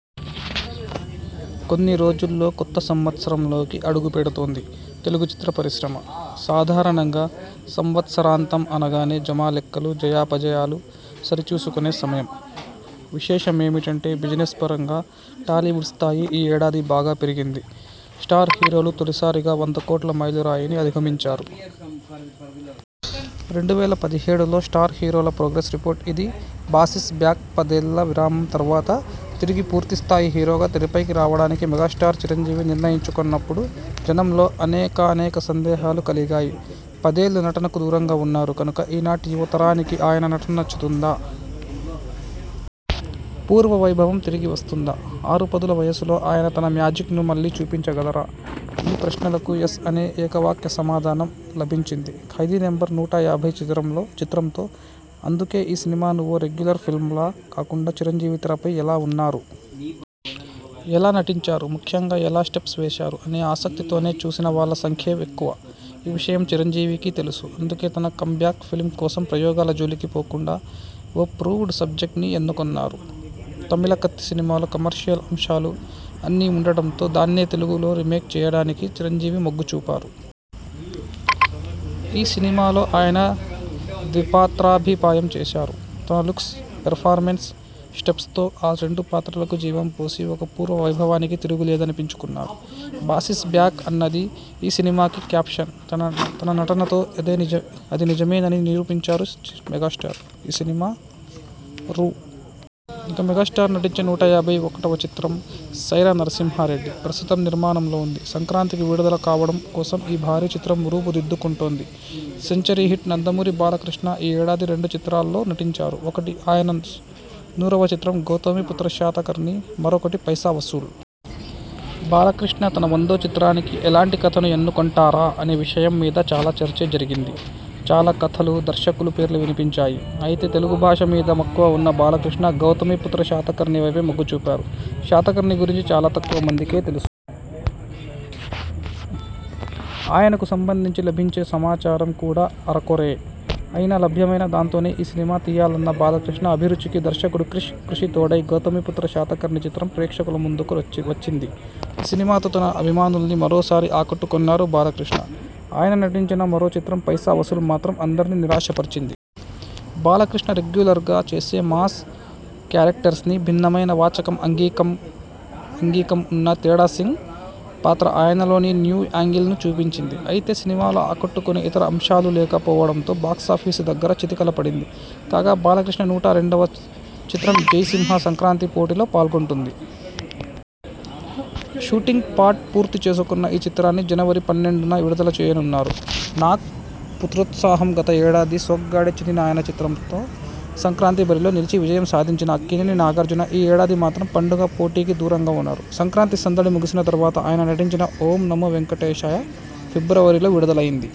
కొన్ని రోజుల్లో కొత్త సంవత్సరంలోకి అడుగుపెడుతోంది తెలుగు చిత్ర పరిశ్రమ. సాధారణంగా సంవత్సరాంతం అనగానే జమా లెక్కలు, జయా పజయాలు సరిచూసుకొనే సమయం. విశేషమేమిటంటే బిజినెస్ పరంగా టాలీవుడ్ స్థాయి ఈ ఏడాది బాగా పెరిగింది. 'స్టార్' హీరోలు తొలిసారిగా వంద కోట్ల మైలురాయిని అధిగమించారు. రెండు వేల పదిహేడులో 'స్టార్' హీరోల ప్రోగ్రెస్ రిపోర్ట్ ఇది బాస్ ఈజ్ బ్యాక్పదేళ్ల విరామం తర్వాత తిరిగి పూర్తి స్థాయి హీరోగా తెరపైకి రావడానికి మెగాస్టార్ చిరంజీవి నిర్ణయించుకొన్నప్పుడు జనంలో అనేకానేక సందేహాలు కలిగాయి. పదేళ్లు నటనకు దూరంగా ఉన్నారు కనుక ఈనాటి యువతరానికి ఆయన నటన నచ్చుతుందా? పూర్వ వైభవం తిరిగి వస్తుందా? ఆరు పదుల వయసులో ఆయన తన మ్యాజిక్ను మళ్లీ చూపించగలరా? ఈ ప్రశ్నలకు 'ఎస్' అనే ఏకవాక్య సమాధానం లభించింది 'ఖైదీ నంబర్ నూట యాభై' చిత్రంలో చిత్రంతో. అందుకే ఈ సినిమాను ఓ రెగ్యులర్ ఫిల్మ్లా కాకుండా చిరంజీవి తెరపై ఎలా ఉన్నారు? ఎలా నటించారు? ముఖ్యంగా ఎలా స్టెప్స్ వేశారు? అనే ఆసక్తితోనే చూసిన వాళ్ల సంఖ్యే ఎక్కువ. ఈ విషయం చిరంజీవికీ తెలుసు. అందుకే తన 'కమ్ బ్యాక్' ఫిల్మ్ కోసం ప్రయోగాల జోలికి పోకుండా ఓ ప్రూవ్డ్ సబ్జెక్ట్ని ఎన్నుకొన్నారు. తమిళ 'కత్తి' సినిమాలో కమర్షియల్ అంశాలు అన్నీ ఉండటంతో దాన్నే తెలుగులో రీమేక్ చేయడానికి చిరంజీవి మొగ్గు చూపారు. ఈ సినిమాలో ఆయన ద్విపాత్రాభియం చేశారు. తన లుక్స్, పెర్ఫార్మెన్స్, స్టెప్స్తో ఆ రెండు పాత్రలకూ జీవం పోసి ఇక పూర్వ వైభవానికి తిరుగులేదనిపించుకొన్నారు. 'బాస్ ఈజ్ బ్యాక్' అన్నది ఈ సినిమాకి క్యాప్షన్. తన నటనతో అది నిజం నిజమేనని నిరూపించారు మెగాస్టార్. ఈ సినిమా రూ. ఇక మెగాస్టార్ నటించే నూట యాభై ఒకటివ చిత్రం 'సైరా నరసింహారెడ్డి' ప్రస్తుతం నిర్మాణంలో ఉంది. సంక్రాంతికి విడుదల కావడం కోసం ఈ భారీ చిత్రం రూపుదిద్దుకుంటోంది. సెంచరీ 'హిట్'నందమూరి బాలకృష్ణ ఈ ఏడాది రెండు చిత్రాల్లో నటించారు. ఒకటి ఆయన నూరవ చిత్రం 'గౌతమిపుత్ర శాతకర్ణి', మరొకటి 'పైసా వసూల్'. బాలకృష్ణ తన వందో చిత్రానికి ఎలాంటి కథను ఎన్నుకొంటారా అనే విషయం మీద చాలా చర్చే జరిగింది. చాలా కథలు, దర్శకుల పేర్లు వినిపించాయి. అయితే తెలుగు భాష మీద మక్కువ ఉన్న బాలకృష్ణ 'గౌతమిపుత్ర శాతకర్ణి' వైపే మొగ్గు చూపారు. శాతకర్ణి గురించి చాలా తక్కువ మందికే తెలుసు. ఆయనకు సంబంధించి లభించే సమాచారం కూడా అరకొరే. అయినా లభ్యమైన దాంతోనే ఈ సినిమా తీయాలన్న బాలకృష్ణ అభిరుచికి దర్శకుడు క్రిష్ కృషి తోడై 'గౌతమిపుత్ర శాతకర్ణి' చిత్రం ప్రేక్షకుల ముందుకు వచ్చి వచ్చింది. ఈ సినిమాతో తన అభిమానుల్ని మరోసారి ఆకట్టుకొన్నారు బాలకృష్ణ. ఆయన నటించిన మరో చిత్రం 'పైసా వసూల్' మాత్రం అందర్నీ నిరాశపరిచింది. బాలకృష్ణ రెగ్యులర్గా చేసే మాస్ కేరెక్టర్స్ని భిన్నమైన వాచకం, ఆంగికం ఉన్న 'తేడాసింగ్' పాత్ర ఆయనలోని న్యూ యాంగిల్ను చూపించింది. అయితే సినిమాలో ఆకట్టుకొనే ఇతర అంశాలు లేక పోవడంతో బాక్సాఫీసు దగ్గర చతికిల పడింది. కాగా బాలకృష్ణ నూట రెండువ చిత్రం 'జై సింహా' సంక్రాంతి పోటీలో పాల్గొంటోంది. షూటింగ్ పార్ట్ పూర్తి చేసుకొన్న ఈ చిత్రాన్ని జనవరి పన్నెండున విడుదల చేయనున్నారు. నాగ్ పుత్రోత్సాహం గత ఏడాది 'సోగ్గాడే చిన్ని నాయనా' చిత్రంతో సంక్రాంతి బరిలో నిలిచి విజయం సాధించిన అక్కినేని నాగార్జున ఈ ఏడాది మాత్రం పండుగ పోటీకి దూరంగా ఉన్నారు. సంక్రాంతి సందడి ముగిసిన తర్వాత ఆయన నటించిన 'ఓం నమో వేంకటేశాయ' ఫిబ్రవరిలో విడుదలైంది.